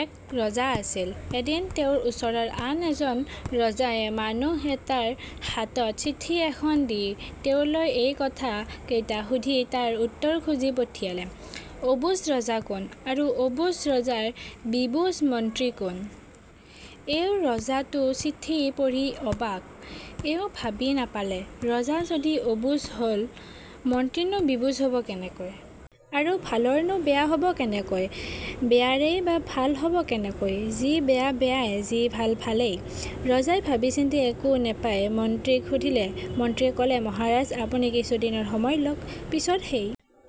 এক ৰজা আছিল৷ এদিন তেওঁৰ ওচৰৰ আন এজন ৰজাই মানুহ এতাৰ হাতত চিঠি এখন দি তেওঁলৈ এই কথা কেইটা সুধি তাৰ উত্তৰ খুজি পঠিয়ালে,-"অবুজ ৰজা কোন? আৰু অবুজ ৰজাৰ বিবুজ মন্ত্ৰী কোন? " এওঁ ৰজা তো চিঠি পঢ়ি অবাক৷ এওঁ ভাবি নাপালে,-ৰজা যদি অবুজ হ'ল, মন্ত্ৰীনো বিবুজ হ'ব কেনেকৈ? আৰু ভালৰ নো বেয়া হ'ব কেনেকৈ? বেয়াৰেই বা ভাল হ'ব কেনেকৈ? যি বেয়া বেয়াই; যি ভাল ভালেই৷ ৰজাই ভাবি-চিন্তি একো নেপাই মন্ত্ৰীক সুধিলে৷ মন্ত্ৰীয়ে ক'লে "মহাৰাজ, আপুনি কিছু দিনৰ সময় লওক; পিছত সেই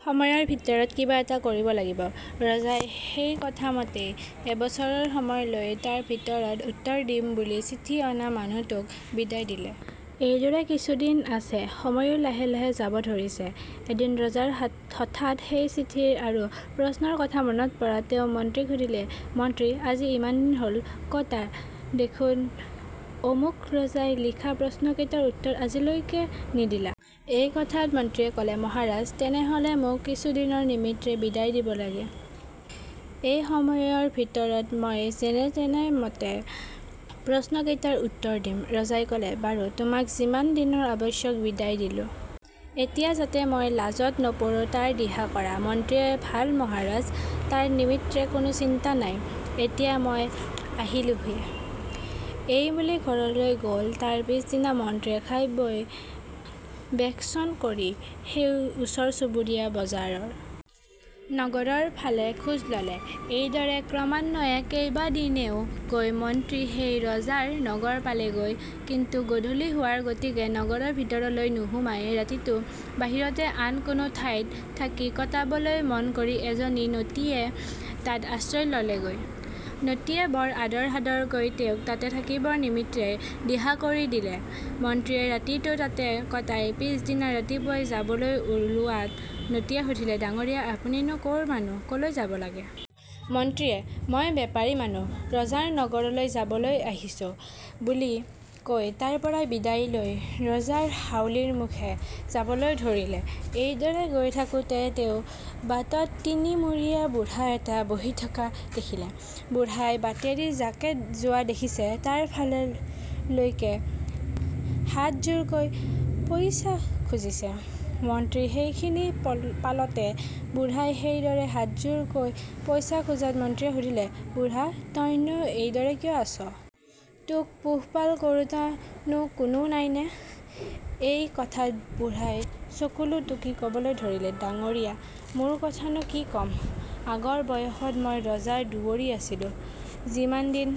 সময়ৰ ভিতৰত কিবা এটা কৰিব লাগিব৷" ৰজাই সেই কথামতেই এবছৰৰ সময় লৈ তাৰ ভিতৰতে উত্তৰ দিম বুলি চিঠি অনা মানুহটোক বিদায় দিলে৷ এইদৰে কিছুদিন আছে, সময়ো লাহে লাহে যাব ধৰিছে৷ এদিন ৰজাৰ হঠাৎ সেই চিঠিৰ আৰু প্ৰশ্নৰ কথা মনত পৰাত তেওঁ মন্ত্ৰীক সুধিলে-"মন্ত্ৰী, আজি ইমান দিন হ'ল, ক'তা দেখোন অমুক ৰজাই লিখা প্ৰশ্নকেইটাৰ উত্তৰ আজিলৈকে নিদিলা? " এই কথাত মন্ত্ৰীয়ে ক'লে, "মহাৰাজ৷ তেনেহলে মোক কিছু দিনৰ নিমিত্তে বিদায় দিব লাগে৷ এই সময়ৰ ভিতৰত মই যেনেতেনে মতে প্ৰশ্ন কেইটাৰ উত্তৰ দিম৷" ৰজাই ক'লে, "বাৰু তোমাক যিমান দিনৰ আৱশ্যক বিদায় দিলোঁ; এতিয়া যাতে মই লাজত নপৰোঁ তাৰ দিহা কৰাঁ৷" মন্ত্ৰীয়ে "ভাল মহাৰাজ, তাৰ নিমিত্তে কোনো চিন্তা নাই, এতিয়া মই আহিলোঁহে" এই বুলি ঘৰলৈ গ'ল৷ তাৰ পিছদিনা মন্ত্ৰীয়ে খাই-বৈ বেশচন কৰি, সেই ওচৰ চুবুৰীয়া ৰজাৰ নগৰৰ ফালে খোজ ললে৷ এইদৰে ক্ৰমান্বয়ে কেইবাদিনেও গৈ মন্ত্ৰী সেই ৰজাৰ নগৰ পালেগৈ, কিন্তু গধূলি হোৱাৰ গতিকে নগৰৰ ভিতৰলৈ নোসোমাই ৰাতিটো বাহিৰতে আন কোনো ঠাইত থাকি কটাবলৈ মন কৰি এজনী নটীয়ে তাত আশ্ৰয় ললেগৈ৷ নটীয়ে বৰ আদৰ-সাদৰকৈ তেওঁক তাতে থাকিবৰ নিমিত্তে দিহা কৰি দিলে৷ মন্ত্ৰীয়ে ৰাতিটো তাতে কটাই পিছ দিনা ৰাতিপুৱাই যাবলৈ ওলোৱাত নটীয়ে সুধিলে, "ডাঙৰীয়া, আপুনি নো ক'ৰ মানুহ ক'লৈ যাব লাগে? " মন্ত্ৰীয়ে "মই বেপাৰী মানুহ; ৰজাৰ নগৰলৈ যাবলৈ আহিছোঁ" বুলি কৈ তাৰপৰা বিদায় লৈ ৰজাৰ হাউলীৰ মুখে যাবলৈ ধৰিলে৷ এইদৰে গৈ থাকোঁতে তেওঁ বাটত তিনি-মূৰীয়া বুঢ়া এটা বহি থকা দেখিলে৷ বুঢ়াই বাটেদি যাকে যোৱা দেখিছে তাৰ ফাললৈকে হাতজোৰকৈ পইচা খুজিছে৷ মন্ত্ৰী সেইখিনি পালতে, বুঢ়াই সেইদৰে হাতজোৰকৈ পইচা খোজাত, মন্ত্ৰীয়ে সুধিলে, "বুঢ়া, তই নো এইদৰে কিয় আছ? তোক পোহপাল কৰোঁতা নো কোনো নাইনে? " এই কথাত বুঢ়াই চকুলো টুকি ক'বলৈ ধৰিলে,-"ডাঙৰীয়া মোৰ কথা নো কি ক'ম; আগ বয়সত মই ৰজাৰ দুৱৰী আছিলোঁ৷ যিমান দিন